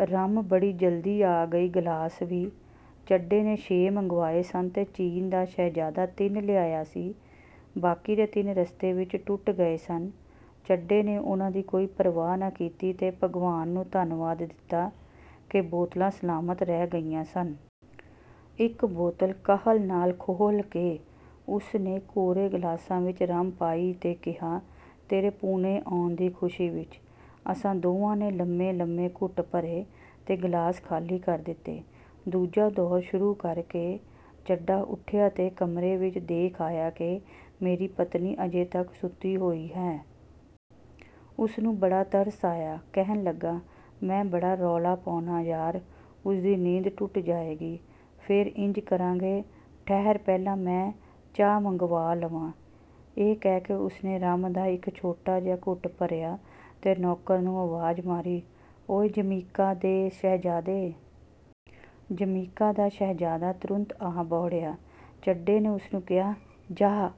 Rum ਬੜੀ ਜਲਦੀ ਆ ਗਈ, ਗਲਾਸ ਵੀ। ਚੱਡੇ ਨੇ ਛੇ ਮੰਗਵਾਏ ਸਨ ਤੇ ਚੀਨ ਦਾ ਸ਼ਹਿਜ਼ਾਦਾ ਤਿੰਨ ਲਿਆਇਆ ਸੀ, ਬਾਕੀ ਦੇ ਤਿੰਨ ਰਸਤੇ ਵਿਚ ਟੁੱਟ ਗਏ ਸਨ। ਚੱਡੇ ਨੇ ਉਹਨਾਂ ਦੀ ਕੋਈ ਪ੍ਰਵਾਹ ਨਾ ਕੀਤੀ ਤੇ ਭਗਵਾਨ ਨੂੰ ਧੰਨਵਾਦ ਦਿੱਤਾ ਕਿ ਬੋਤਲਾਂ ਸਲਾਮਤ ਰਹਿ ਗਈਆਂ ਸਨ। ਇਕ ਬੋਤਲ ਕਾਹਲ ਨਾਲ ਖੋਹਲ ਕੇ ਉਸਨੇ ਕੋਰੇ ਗਲਾਸਾਂ ਵਿਚ ਰੰਮ ਪਾਈ ਤੇ ਕਿਹਾ, "ਤੇਰੇ ਪੂਨੇ ਆਉਣ ਦੀ ਖੁਸ਼ੀ ਵਿਚ। "ਅਸਾਂ ਦੋਵਾਂ ਨੇ ਲੰਮੇਂ-ਲੰਮੇਂ ਘੁੱਟ ਭਰੇ 'ਤੇ ਗ਼ਲਾਸ ਖ਼ਾਲੀ ਕਰ ਦਿੱਤੇ। ਦੂਜਾ ਦੌਰ ਸ਼ੁਰੂ ਕਰਕੇ ਚੱਡਾ ਉੱਠਿਆ ਤੇ ਕਮਰੇ ਵਿਚ ਦੇਖ ਆਇਆ ਕਿ ਮੇਰੀ ਪਤਨੀ ਅਜੇ ਤਕ ਸੁੱਤੀ ਹੋਈ ਹੈ। ਉਸਨੂੰ ਬੜਾ ਤਰਸ ਆਇਆ। ਕਹਿਣ ਲੱਗਾ, "ਮੈਂ ਬੜਾ ਰੌਲਾ ਪਾਉਣਾ ਯਾਰ, ਉਸਦੀ ਨੀਂਦ ਟੁੱਟ ਜਾਏਗੀ। ਫੇਰ ਇੰਜ ਕਰਾਂਗੇ, ਠਹਿਰ ਪਹਿਲਾਂ ਮੈਂ ਚਾਹ ਮੰਗਵਾ ਲਵਾਂ। " ਇਹ ਕਹਿ ਕੇ ਉਸਨੇ ਰੰਮ ਦਾ ਇਕ ਛੋਟਾ ਜਿਹਾ ਘੁੱਟ ਭਰਿਆ ਤੇ ਨੌਕਰ ਨੂੰ ਆਵਾਜ਼ ਮਾਰੀ, "ਓਇ ਜਮੀਕਾ ਦੇ ਸ਼ਹਿਜ਼ਾਦੇ! " ਜਮੀਕਾ ਦਾ ਸ਼ਹਿਜ਼ਾਦਾ ਤੁਰੰਤ ਆ ਬਹੁੜਿਆ। ਚੱਡੇ ਨੇ ਉਸਨੂੰ ਕਿਹਾ, "ਜਾਹ,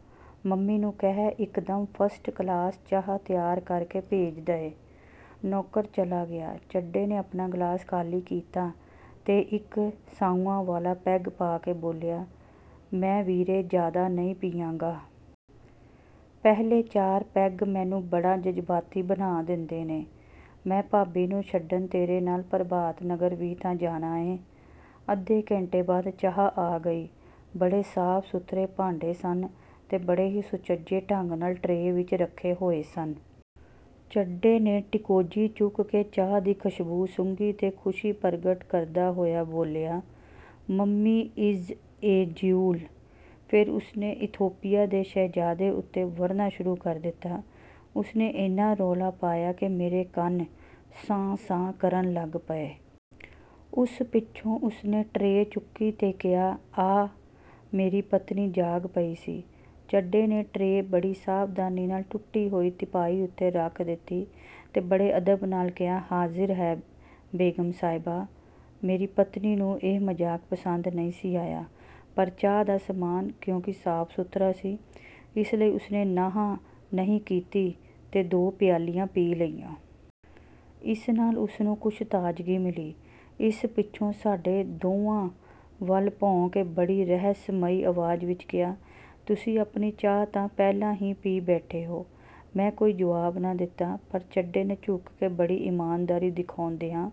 ਮੰਮੀ ਨੂੰ ਕਹਿ, ਇਕਦਮ ਫਸਟ ਕਲਾਸ ਚਾਹ ਤਿਆਰ ਕਰਕੇ ਭੇਜ ਦਏ। " ਨੌਕਰ ਚਲਾ ਗਿਆ। ਚੱਡੇ ਨੇ ਆਪਣਾ ਗ਼ਲਾਸ ਖ਼ਾਲੀ ਕੀਤਾ ਤੇ ਇਕ ਸਾਊਆਂ ਵਾਲਾ ਪੈਗ ਪਾ ਕੇ ਬੋਲਿਆ, "ਮੈਂ ਵੀਰੇ, ਜ਼ਿਆਦਾ ਨਹੀਂ ਪੀਆਂਗਾ। ਪਹਿਲੇ ਚਾਰ ਪੈਗ ਮੈਨੂੰ ਬੜਾ ਜਜ਼ਬਾਤੀ ਬਣਾ ਦਿੰਦੇ ਨੇ। ਮੈਂ ਭਾਬੀ ਨੂੰ ਛੱਡਣ ਤੇਰੇ ਨਾਲ ਪ੍ਰਭਾਤਨਗਰ ਵੀ ਤਾਂ ਜਾਣਾ ਏਂ। " ਅੱਧੇ ਘੰਟੇ ਬਾਅਦ ਚਾਹ ਆ ਗਈ। ਬੜੇ ਸਾਫ-ਸੁਥਰੇ ਭਾਂਡੇ ਸਨ ਤੇ ਬੜੇ ਹੀ ਸੁਚੱਜੇ ਢੰਗ ਨਾਲ ਟਰੇ ਵਿਚ ਰੱਖੇ ਹੋਏ ਸਨ। ਚੱਡੇ ਨੇ ਟੀਕੋਜੀ ਚੁੱਕ ਕੇ ਚਾਹ ਦੀ ਖ਼ੁਸ਼ਬੂ ਸੁੰਘੀ ਤੇ ਖ਼ੁਸ਼ੀ ਪ੍ਰਗਟ ਕਰਦਾ ਹੋਇਆ ਬੋਲਿਆ, "ਮੰਮੀ ਇਜ਼ ਏ ਜਿਊਲ" ਫੇਰ ਉਸਨੇ ਇਥੋਪੀਆ ਦੇ ਸ਼ਹਿਜ਼ਾਦੇ ਉੱਤੇ ਵਰ੍ਹਣਾ ਸ਼ੁਰੂ ਕਰ ਦਿੱਤਾ। ਉਸਨੇ ਏਨਾ ਰੌਲਾ ਪਾਇਆ ਕਿ ਮੇਰੇ ਕੰਨ ਸਾਂ-ਸਾਂ ਕਰਨ ਲੱਗ ਪਏ। ਉਸ ਪਿੱਛੋਂ ਉਸਨੇ ਟਰੇ ਚੁੱਕੀ ਤੇ ਕਿਹਾ, "ਆ!" ਮੇਰੀ ਪਤਨੀ ਜਾਗ ਪਈ ਸੀ। ਚੱਡੇ ਨੇ ਟਰੇ ਬੜੀ ਸਾਵਧਾਨੀ ਨਾਲ ਟੁੱਟੀ ਹੋਈ ਤਿਪਾਈ ਉੱਤੇ ਰੱਖ ਦਿੱਤੀ ਤੇ ਬੜੇ ਅਦਬ ਨਾਲ ਕਿਹਾ, "ਹਾਜ਼ਿਰ ਹੈ, ਬੇਗ਼ਮ ਸਾਹਿਬਾ " ਮੇਰੀ ਪਤਨੀ ਨੂੰ ਇਹ ਮਜ਼ਾਕ ਪਸੰਦ ਨਹੀਂ ਸੀ ਆਇਆ, ਪਰ ਚਾਹ ਦਾ ਸਾਮਾਨ ਕਿਉਂਕਿ ਸਾਫ-ਸੁਥਰਾ ਸੀ, ਇਸ ਲਈ ਉਸਨੇ ਨਾਂਹ ਨਹੀਂ ਕੀਤੀ ਤੇ ਦੋ ਪਿਆਲੀਆਂ ਪੀ ਲਈਆਂ। ਇਸ ਨਾਲ ਉਸਨੂੰ ਕੁਝ ਤਾਜ਼ਗੀ ਮਿਲੀ। ਇਸ ਪਿੱਛੋਂ ਸਾਡੇ ਦੋਵਾਂ ਵੱਲ ਭੌਂ ਕੇ ਬੜੀ ਰਹੱਸਮਈ ਆਵਾਜ਼ ਵਿਚ ਕਿਹਾ, "ਤੁਸੀਂ ਆਪਣੀ ਚਾਹ ਤਾਂ ਪਹਿਲਾਂ ਹੀ ਪੀਈ ਬੈਠੇ ਓ! "ਮੈਂ ਕੋਈ ਜਵਾਬ ਨਾ ਦਿੱਤਾ ਪਰ ਚੱਡੇ ਨੇ ਝੁਕ ਕੇ ਬੜੀ ਈਮਾਨਦਾਰੀ ਦਿਖਾਉਂਦਿਆ